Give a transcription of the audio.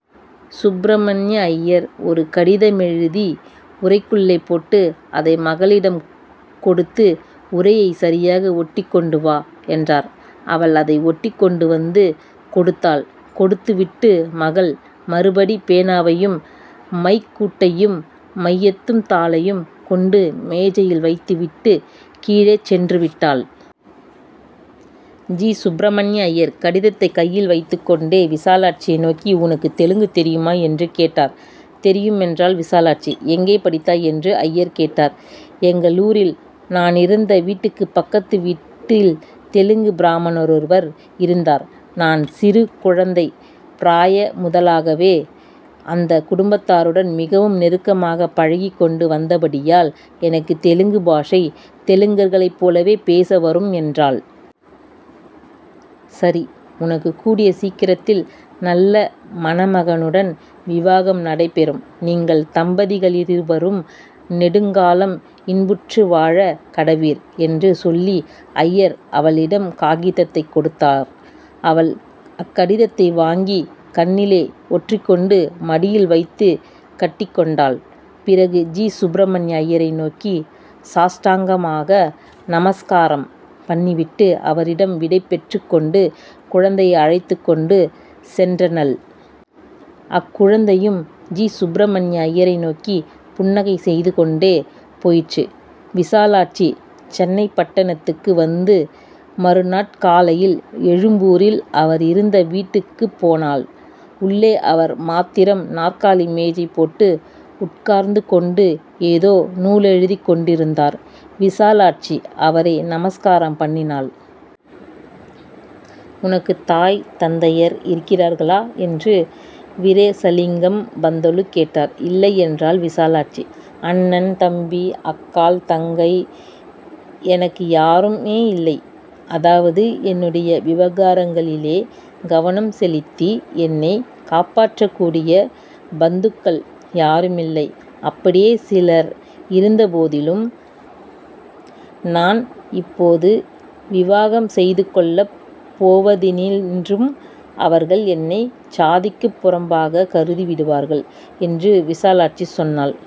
சுப்பிரமணிய அய்யர் ஒரு கடிதமெழுதி உறைக்குள்ளே போட்டு, அதை மகளிடம் கொடுத்து ''உறையை சரியாக ஒட்டிக் கொண்டு வா'' என்றார். அவள் அதை ஒட்டிக் கொண்டு வந்து கொடுத்தாள். கொடுத்துவிட்டு, மகள் மறுபடி பேனாவையும், மைக்கூட்டையும் மையத்தும் தாளையும் கொண்டு மேஜையில் வைத்துவிட்டுக் கீழே சென்றுவிட்டாள். ஜீ. சுப்பிரமணிய அய்யர் கடிதத்தைக் கையில் வைத்துக் கொண்டே விசாலாட்சியை நோக்கி, ''உனக்குத் தெலுங்கு தெரியுமா? '' என்று கேட்டார். ''தெரியும்'' என்றாள் விசாலாட்சி. ''எங்கே படித்தாய்? '' என்று அய்யர் கேட்டார். ''எங்களூரில் நானிருந்த வீட்டுக்குப் பக்கத்து வீட்டில் தெலுங்குப் பிராமணரொருவர் இருந்தார். நான் சிறு குழந்தைப் பிராய முதலாகவே அந்தக் குடும்பத்தாருடன் மிகவும் நெருக்கமாக பழகிக் கொண்டு வந்தபடியால் எனக்குத் தெலுங்கு பாஷை தெலுங்கர்களைப் போலவே பேச வரும்'' என்றாள். ''சரி, உனக்குக் கூடிய சீக்கிரத்தில் நல்ல மணமகனுடன் விவாகம் நடைபெறும். நீங்கள் தம்பதிகளிருவரும் நெடுங்காலம் இன்புற்று வாழக் கடவீர்'' என்று சொல்லி, அய்யர் அவளிடம் காகிதத்தைக் கொடுத்தார். அவள் அக்கடித்தை வாங்கி கண்ணிலே ஒற்றிக்கொண்டு மடியில் வைத்துக் கட்டிக் கொண்டாள். பிறகு ஜீ. சுப்பிரமணிய அய்யரை நோக்கி சாஷ்டாங்கமாக நமஸ்காரம் பண்ணிவிட்டு, அவரிடம் விடை பெற்றுக் கொண்டு, குழந்தையை அழைத்துக் கொண்டு சென்றனள். அக்குழந்தையும் ஜீ. சுப்பிரமணிய அய்யரை நோக்கிப் புன்னகை செய்து கொண்டே போயிற்று. விசாலாட்சி சென்னைப்பட்டணத்துக்கு வந்து, மறுநாட் காலையில் எழும்பூரில் அவர் இருந்த வீட்டிற்குப் போனாள். உள்ளே அவர் மாத்திரம் நாற்காலி மேஜை போட்டு உட்கார்ந்து கொண்டு ஏதோ நூலெழுதிக் கொண்டிருந்தார். விசாலாட்சி அவரை நமஸ்காரம் பண்ணினாள். ''உனக்குத் தாய் தந்தையர் இருக்கிறார்களா? '' என்று வீரேசலிங்கம் பந்துலு கேட்டார். ''இல்லை'' என்றாள் விசாலாட்சி. ''அண்ணன், தம்பி, அக்காள், தங்கை-? '' ''எனக்கு யாருமே இல்லை. அதாவது, என்னுடைய விவகாரங்களிலே கவனம் செலுத்தி என்னைக் காப்பாற்றக்கூடிய பந்துக்கள் யாருமில்லை. அப்படியே சிலர் இருந்தபோதிலும், நான் இப்போது விவாகம் செய்துகொள்ளப் போவதினின்றும் அவர்கள் என்னை ஜாதிக்குப் புறம்பாகக் கருதி விடுவார்கள்'' என்று விசாலாட்சி சொன்னாள்.